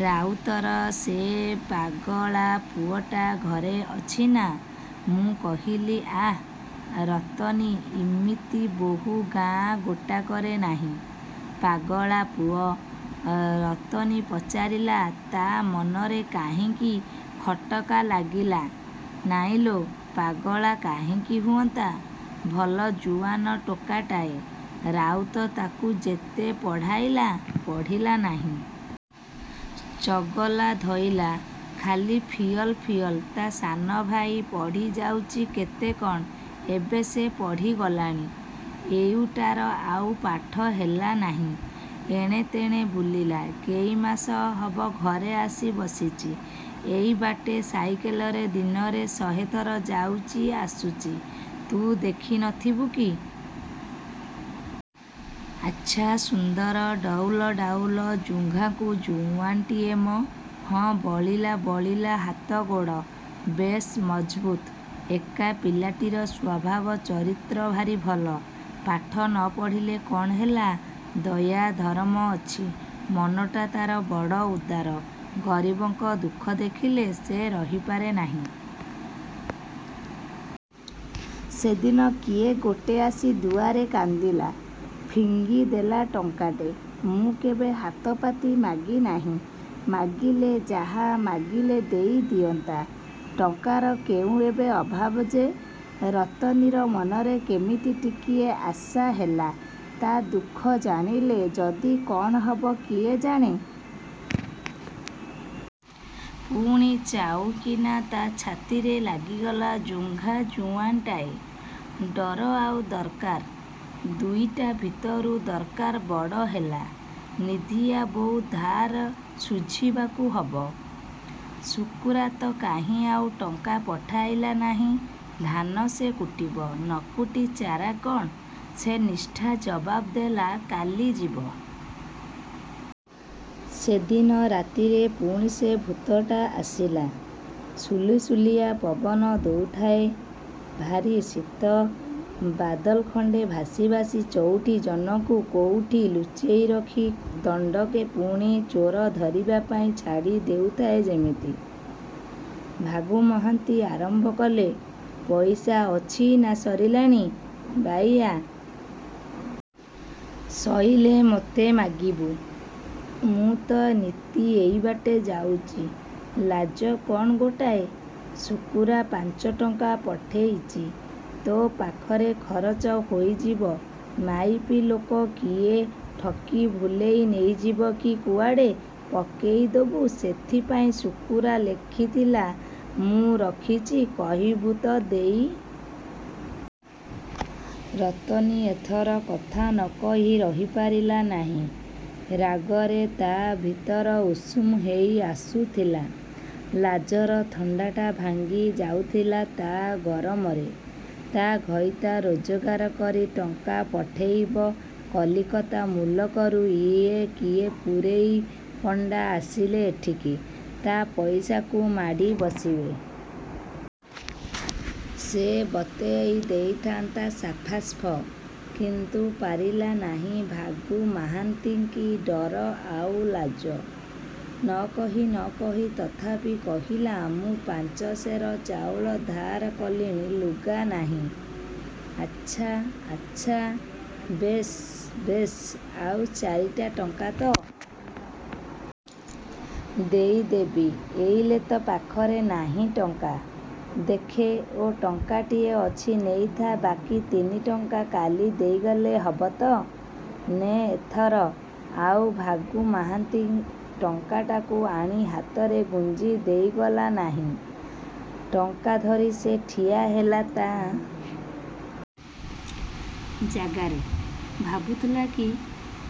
ରାଉତର ସେ ପାଗଳା ପୁଅଟା ଘରେ ଅଛିନା। ମୁଁ କହିଲି ଆଃ ରତନୀ ଇମିତି ବହୂ ଗାଁ ଗୋଟାକରେ ନାହିଁ। ପାଗଳା ପୁଅ? ଅଁ ରତନୀ ପଚାରିଲା। ତା ମନରେ କାହିଁକି ଖଟକା ଲାଗିଲା। ନାଇଁଲୋ, ପାଗଳା କାହିଁକି ହୁଅନ୍ତା। ଭଲ ଜୁଆନ୍ ଟୋକାଟାଏ। ରାଉତ ତାକୁ ଯେତେ ପଢ଼ାଇଲା ପଢ଼ିଲା ନାହିଁ। ଚଗଲା ଧଇଲା। ଖାଲି ଫିଅଲ ଫିଅଲ। ତା ସାନ ଭାଇ ପଢ଼ିଯାଉଚି କେତେ କଣ ଏବେ ସେ ପଢ଼ିଗଲାଣି। ଏଉଟାର ଆଉ ପାଠ ହେଲାନାହିଁ। ଏଣେତେଣେ ବୁଲିଲା। କେଇମାସ ହବ ଘରେ ଆସି ବସିଚି। ଏଇ ବାଟେ ସାଇକେଲରେ ଦିନରେ ଶହେ ଥର ଯାଉଚି ଆସୁଚି, ତୁ ଦେଖି ନଥିବୁ କି। ଆଚ୍ଛା ସୁନ୍ଦର ଡଉଲ ଡାଉଲ ଜୁଙ୍ଘାକୁ ଜୁଆନ୍ଟିଏ ମ! ହଁ ବଳିଲା ବଳିଲା ହାତ ,ଗୋଡ଼, ବେଶ୍ ମଜବୁତ୍। ଏକା ପିଲାଟିର ସ୍ୱଭାବ ଚରିତ୍ର ଭାରି ଭଲ। ପାଠ ନପଢ଼ିଲେ କଣ ହେଲା ଦୟା ଧରମ ଅଛି। ମନଟା ତା'ର ବଡ଼ ଉଦାର। ଗରିବଙ୍କ ଦୁଃଖ ଦେଖିଲେ ସେ ରହିପାରେ ନାହିଁ। ସେଦିନ କିଏ ଗୋଟେ ଆସି ଦୁଆରେ କାନ୍ଦିଲା। ଫିଙ୍ଗି ଦେଲା ଟଙ୍କାଟେ। ମୁଁ କେବେ ହାତପାତି ମାଗିନାହିଁ। ମାଗିଲେ ଯାହା ମାଗିଲେ ଦେଇ ଦିଅନ୍ତା। ଟଙ୍କାର କେଉଁ ଏବେ ଅଭାବ ଯେ। ରତନୀର ମନରେ କେମିତି ଟିକିଏ ଆଶା ହେଲା। ତା ଦୁଃଖ ଜାଣିଲେ ଯଦି କଣ ହବ କିଏ ଜାଣେ। ପୁଣି ଚାଉକିନା ତା ଛାତିରେ ଲାଗିଗଲା ଜୁଙ୍ଘା ଜୁଆନ୍ଟାଏ। ଡର ଆଉ ଦରକାର, ଦୁଇଟା ଭିତରୁ ଦରକାର ବଡ଼ ହେଲା। ନିଧିଆ ବୋଉ ଧାର ଶୁଝିବାକୁ ହବ। ଶୁକୁରାତ କାହିଁ ଆଉ ଟଙ୍କା ପଠାଇଲା ନାହିଁ। ଧାନ ସେ କୁଟିବ, ନକୁଟି ଚାରା କଣ! ସେ ନିଷ୍ଠା ଜବାବ ଦେଲା କାଲି ଯିବ। ସେଦିନ ରାତିରେ ପୁଣି ସେ ଭୂତଟା ଆସିଲା। ସୁଲୁସୁଲିଆ ପବନ ଦଉଥାଏ। ଭାରି ଶୀତ। ବାଦଲ ଖଣ୍ଡେ ଭାସି ଭାସି ଚଉଠି ଜହ୍ନକୁ କୋଉଠି ଲୁଚେଇ ରଖି ଦଣ୍ଡକେ ପୁଣି ଚୋର ଧରିବାପାଇଁ ଛାଡ଼ି ଦେଉଥାଏ ଯେମିତି। ଭାଗୁ ମହାନ୍ତି ଆରମ୍ଭ କଲେ ''ପଇସା ଅଛି ନା ସରିଲାଣି, ବାଇୟା ସଇଲେ ମୋତେ ମାଗିବୁ। ମୁଁ ତ ନିତି ଏଇବାଟେ ଯାଉଚି। ଲାଜ କ'ଣ ଗୋଟାଏ? ଶୁକୁରା ପାଞ୍ଚ ଟଙ୍କା ପଠେଇଚି। ତୋ ପାଖରେ ଖରଚ ହୋଇଯିବ ମାଇପି ଲୋକ କିଏ ଠକି ଭୁଲେଇ ନେଇଯିବ କି କୁଆଡ଼େ ପକେଇ ଦେବୁ ସେଥିପାଇଁ ଶୁକୁରା ଲେଖିଥିଲା, ମୁଁ ରଖିଚି କହିବୁ ତ ଦେଇ ରତନୀ ଏଥର କଥା ନକହି ରହିପାରିଲା ନାହିଁ। ରାଗରେ ତା ଭିତର ଉଷୁମ ହେଇ ଆସୁଥିଲା। ଲାଜର ଥଣ୍ଡାଟା ଭାଙ୍ଗି ଯାଉଥିଲା ତା' ଗରମରେ। ତା ଘଇତା ରୋଜଗାର କରି ଟଙ୍କା ପଠେଇବ କଲିକତା ମୁଲକରୁ ଇଏ କିଏ ପୂରେଇ ପଣ୍ଡା ଆସିଲେ ଏଠିକି, ତା ପଇସାକୁ ମାଡ଼ି ବସିବେ ସେ ବତେଇ ଦେଇଥାନ୍ତା ସାଫାସ୍ଫ। କିନ୍ତୁ ପାରିଲା ନାହିଁ ଭାଗୁ ମହାନ୍ତିଙ୍କି ଡର ଆଉ ଲାଜ। ନକହି ନକହି ତଥାପି କହିଲା ମୁଁ ପାଞ୍ଚ ସେର ଚାଉଳ ଧାର କଲିଣି ଲୁଗାନାହିଁ । ଆଚ୍ଛା ଆଚ୍ଛା, ବେଶ୍ ବେଶ୍, ଆଉ ଚାରିଟା ଟଙ୍କା ତ? ଦେଇ ଦେବି। ଏଇଲେ ତ ପାଖରେ ନାହିଁ ଟଙ୍କା। ଦେଖେ ଓ ଟଙ୍କାଟିଏ ଅଛି ନେଇଥା ବାକି ତିନି ଟଙ୍କା କାଲି ଦେଇଗଲେ ହବ ତ? ନେ ଏଥର ଆଉ ଭାଗୁ ମହାନ୍ତି ଟଙ୍କାଟାକୁ ଆଣି ହାତରେ ଗୁଞ୍ଜି ଦେଇଗଲା ନାହିଁ। ଟଙ୍କା ଧରି ସେ ଠିଆ ହେଲା ତା। ଜାଗାରେ। ଭାବୁଥିଲା କି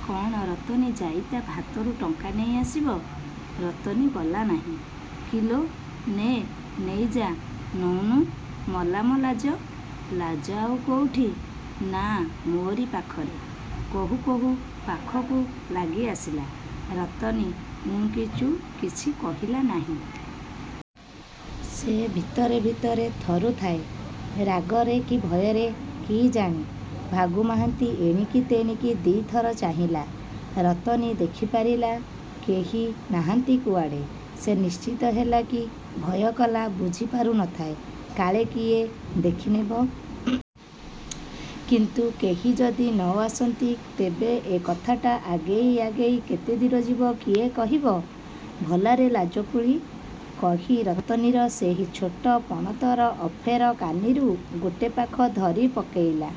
କଣ ରତନୀ ଯାଇ ତା ଭାତରୁ ଟଙ୍କା ନେଇ ଆସିବ। ରତନୀ ଗଲା ନାହିଁ। କିଲୋ ନେ ନେଇଯା ନଉନୁ ମଲାମ ଲାଜ। ଲାଜ ଆଉ କୋଉଠି, ନା ମୋରି ପାଖରେ କହୁ କହୁ ପାଖକୁ ଲାଗି ଆସିଲା। ରତନୀ ଉଁ କି ଚୁଁ କିଛି କହିଲା ନାହିଁ। ସେ ଭିତରେ ଭିତରେ ଥରୁଥାଏ। ରାଗରେ କି ଭୟରେ କି ଜାଣି! ଭାଗୁ ମହାନ୍ତି ଏଣିକି ତେଣିକି ଦି ଥର ଚାହିଁଲା। ରତନୀ ଦେଖିପାରିଲା। କେହି ନାହାନ୍ତି କୁଆଡ଼େ। ସେ ନିଶ୍ଚିନ୍ତ ହେଲା କି ଭୟ କଲା ବୁଝି ପାରୁ ନଥାଏ। କାଳେ କିଏ ଦେଖି ନେବ। କିନ୍ତୁ କେହି ଯଦି ନ ଆସନ୍ତି ତେବେ ଏ କଥାଟା ଆଗେଇ ଆଗେଇ କେତେ ଦୂର ଯିବ କିଏ କହିବ। ଭଲାରେ ଲାଜକୁଳୀ! କହି ରତନୀର ସେହି ଛୋଟ ପଣତର ଅଫେର କାନିରୁ ଗୋଟେ ପାଖ ଧରି ପକେଇଲା।